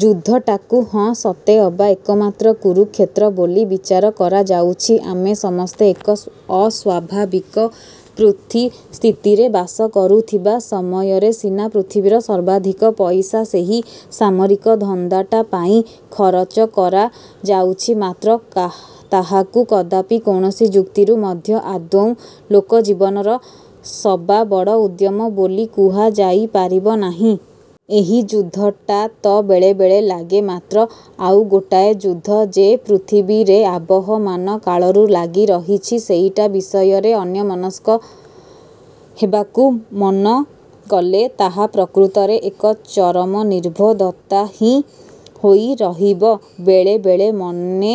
ଯୁଦ୍ଧଟାକୁ ହଁ ସତେଅବା ଏକମାତ୍ର କୁରୁକ୍ଷେତ୍ର ବୋଲି ବିଚାର କରାଯାଉଛି। ଆମେ ସମସ୍ତେ ଏକ ଅସ୍ୱାଭାବିକ ପୃଥ୍ଵୀସ୍ଥିତିରେ ବାସ କରୁଥିବା ସମୟରେ ସିନା ପୃଥିବୀର ସର୍ବାଧିକ ପଇସା ସେହି ସାମରିକ ଧନ୍ଦାଟା ପାଇଁ ଖରଚ କରାଯାଉଛି ମାତ୍ର କାହ୍ ତାହାକୁ କଦାପି କୌଣସି ଯୁକ୍ତିରୁ ମଧ୍ୟ ଆଦୌ ଲୋକଜୀବନର ସବାବଡ଼ ଉଦ୍ୟମ ବୋଲି କୁହାଯାଇ ପାରିବ ନାହିଁ। ଏହି ଯୁଦ୍ଧଟା ତ ବେଳେ ବେଳେ ଲାଗେ ମାତ୍ର ଆଉଗୋଟାଏ ଯୁଦ୍ଧ ଯେ ପୃଥିବୀରେ ଆବହମାନ କାଳରୁ ଲାଗିରହିଛି, ସେଇଟା ବିଷୟରେ ଅନ୍ୟମନସ୍କ ହେବାକୁ ମନକଲେ ତାହା ପ୍ରକୃତରେ ଏକ ଚରମ ନିର୍ବୋଧତା ହିଁ ହୋଇ ରହିବ। ବେଳେ ବେଳେ ମନେ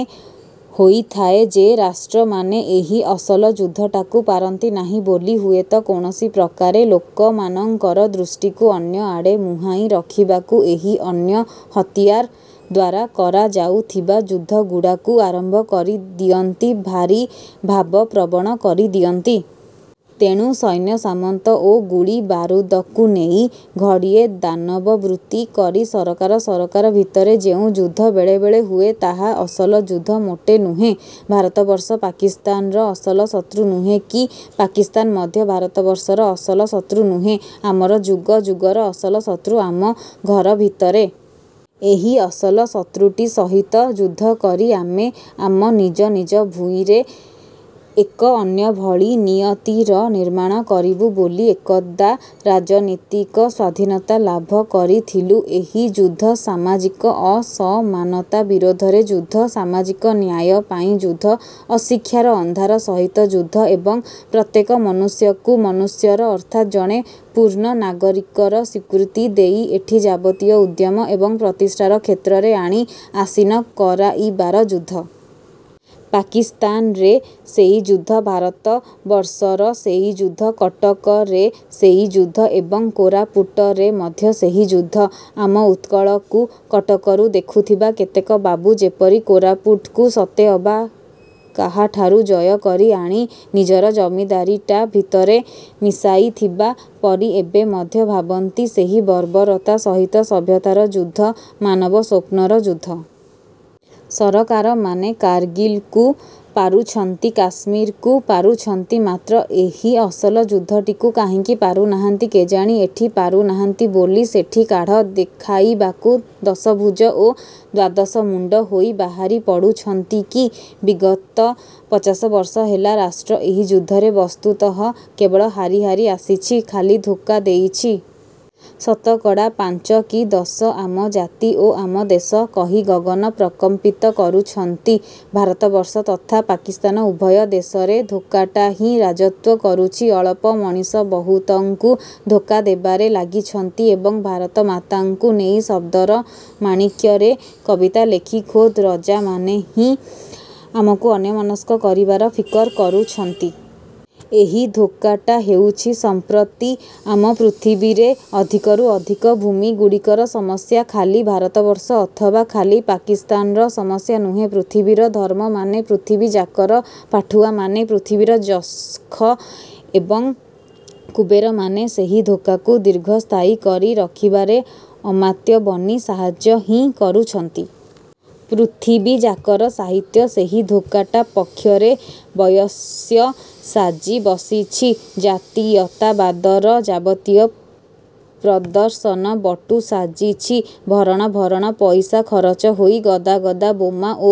ହୋଇଥାଏ ଯେ ରାଷ୍ଟ୍ରମାନେ ଏହି ଅସଲ ଯୁଦ୍ଧଟାକୁ ପାରନ୍ତି ନାହିଁ ବୋଲି ହୁଏତ କୌଣସି ପ୍ରକାରେ ଲୋକମାନଙ୍କର ଦୃଷ୍ଟିକୁ ଅନ୍ୟଆଡ଼େ ମୁହାଁଇ ରଖିବାକୁ ଏହି ଅନ୍ୟ ହତିଆର ଦ୍ୱାରା କରାଯାଉଥିବା ଯୁଦ୍ଧଗୁଡ଼ାକୁ ଆରମ୍ଭ କରିଦିଅନ୍ତି, ଭାରି ଭାବପ୍ରବଣ କରିଦିଅନ୍ତି। ତେଣୁ ସୈନ୍ୟସାମନ୍ତ ଓ ଗୁଳିବାରୁଦକୁ ନେଇ ଘଡ଼ିଏ ଦାନବବୃତ୍ତି କରି ସରକାର ସରକାର ଭିତରେ ଯେଉଁ ଯୁଦ୍ଧ ବେଳେବେଳେ ହୁଏ ତାହା ଅସଲ ଯୁଦ୍ଧ ମୋଟେ ନୁହେଁ। ଭାରତବର୍ଷ ପାକିସ୍ତାନର ଅସଲ ଶତ୍ରୁ ନୁହେଁ କି ପାକିସ୍ତାନ ମଧ୍ୟ ଭାରତବର୍ଷର ଅସଲ ଶତ୍ରୁ ନୁହେଁ। ଆମର ଯୁଗ ଯୁଗର ଅସଲ ଶତ୍ରୁ ଆମ ଘରଭିତରେ। ଏହି ଅସଲ ଶତ୍ରୁଟି ସହିତ ଯୁଦ୍ଧ କରି ଆମେ ଆମ ନିଜ ନିଜ ଭୂଇଁରେ ଏକ ଅନ୍ୟଭଳି ନିୟତିର ନିର୍ମାଣ କରିବୁ ବୋଲି ଏକଦା ରାଜନୀତିକ ସ୍ୱାଧୀନତା ଲାଭ କରିଥିଲୁ। ଏହି ଯୁଦ୍ଧ ସାମାଜିକ ଅସମାନତା ବିରୋଧରେ ଯୁଦ୍ଧ, ସାମାଜିକ ନ୍ୟାୟ ପାଇଁ ଯୁଦ୍ଧ, ଅଶିକ୍ଷାର ଅନ୍ଧାର ସହିତ ଯୁଦ୍ଧ ଏବଂ ପ୍ରତ୍ୟେକ ମନୁଷ୍ୟକୁ ମନୁଷ୍ୟର ଅର୍ଥାତ୍ ଜଣେ ପୂର୍ଣ୍ଣ ନାଗରିକର ସ୍ୱୀକୃତି ଦେଇ ଏଠି ଯାବତୀୟ ଉଦ୍ୟମ ଏବଂ ପ୍ରତିଷ୍ଠାର କ୍ଷେତ୍ରରେ ଆଣି ଆସୀନ କରାଇବାର ଯୁଦ୍ଧ। ପାକିସ୍ତାନରେ ସେଇ ଯୁଦ୍ଧ, ଭାରତବର୍ଷର ସେଇ ଯୁଦ୍ଧ। କଟକରେ ସେଇ ଯୁଦ୍ଧ ଏବଂ କୋରାପୁଟରେ ମଧ୍ୟ ସେହି ଯୁଦ୍ଧ। ଆମ ଉତ୍କଳକୁ କଟକରୁ ଦେଖୁଥିବା କେତେକ ବାବୁ ଯେପରି କୋରାପୁଟକୁ ସତେଅବା କାହାଠାରୁ ଜୟକରି ଆଣି ନିଜର ଜମିଦାରୀଟା ଭିତରେ ମିଶାଇଥିବା ପରି ଏବେ ମଧ୍ୟ ଭାବନ୍ତି, ସେହି ବର୍ବରତା ସହିତ ସଭ୍ୟତାର ଯୁଦ୍ଧ, ମାନବସ୍ୱପ୍ନର ଯୁଦ୍ଧ। ସରକାରମାନେ କାରଗିଲ୍କୁ ପାରୁଛନ୍ତି, କାଶ୍ମୀରକୁ ପାରୁଛନ୍ତି, ମାତ୍ର ଏହି ଅସଲ ଯୁଦ୍ଧଟିକୁ କାହିଁକି ପାରୁନାହାଁନ୍ତି କେଜାଣି? ଏଠି ପାରୁନାହାଁନ୍ତି ବୋଲି ସେଠି କାଢ଼ ଦେଖାଇବାକୁ ଦଶଭୁଜ ଓ ଦ୍ଵାଦଶମୁଣ୍ଡ ହୋଇ ବାହାରି ପଡୁଛନ୍ତି କି? ବିଗତ ପଚାଶ ବର୍ଷ ହେଲା ରାଷ୍ଟ୍ର ଏହି ଯୁଦ୍ଧରେ ବସ୍ତୁତଃ କେବଳ ହାରି ହାରି ଆସିଛି, ଖାଲି ଧୋକା ଦେଇଛି। ଶତକଡ଼ା ପାଞ୍ଚ କି ଦଶ ଆମ ଜାତି ଓ ଆମ ଦେଶ କହି ଗଗନ ପ୍ରକମ୍ପିତ କରୁଛନ୍ତି। ଭାରତବର୍ଷ ତଥା ପାକିସ୍ତାନ ଉଭୟ ଦେଶରେ ଧୋକାଟା ହିଁ ରାଜତ୍ୱ କରୁଛି। ଅଳପ ମଣିଷ ବହୁତଙ୍କୁ ଧୋକା ଦେବାରେ ଲାଗିଛନ୍ତି ଏବଂ ଭାରତମାତାଙ୍କୁ ନେଇ ଶବ୍ଦର ମାଣିକ୍ୟରେ କବିତା ଲେଖି ଖୋଦ୍ ରଜାମାନେ ହିଁ ଆମକୁ ଅନ୍ୟମନସ୍କ କରିବାର ଫିକର୍ କରୁଛନ୍ତି। ଏହି ଧୋକାଟା ହେଉଛି ସମ୍ପ୍ରତି ଆମ ପୃଥିବୀରେ ଅଧିକରୁ ଅଧିକ ଭୂମି ଗୁଡ଼ିକର ସମସ୍ୟା। ଖାଲି ଭାରତବର୍ଷ ଅଥବା ଖାଲି ପାକିସ୍ତାନର ସମସ୍ୟା ନୁହେଁ। ପୃଥିବୀର ଧର୍ମମାନେ, ପୃଥିବୀଯାକର ପାଠୁଆମାନେ, ପୃଥିବୀର ଯଶ୍ଖ ଏବଂ କୁବେରମାନେ ସେହି ଧୋକାକୁ ଦୀର୍ଘସ୍ଥାୟୀ କରି ରଖିବାରେ ଅମାତ୍ୟ ବନି ସାହାଯ୍ୟ ହିଁ କରୁଛନ୍ତି। ପୃଥିବୀଯାକର ସାହିତ୍ୟ ସେହି ଧୋକାଟା ପକ୍ଷରେ ବୟସ୍ୟ ସାଜି ବସିଛି। ଜାତୀୟତାବାଦର ଯାବତୀୟ ପ୍ରଦର୍ଶନ ବଟୁ ସାଜିଛି। ଭରଣ ଭରଣ ପଇସା ଖରଚ ହୋଇ ଗଦା ଗଦା ବୋମା ଓ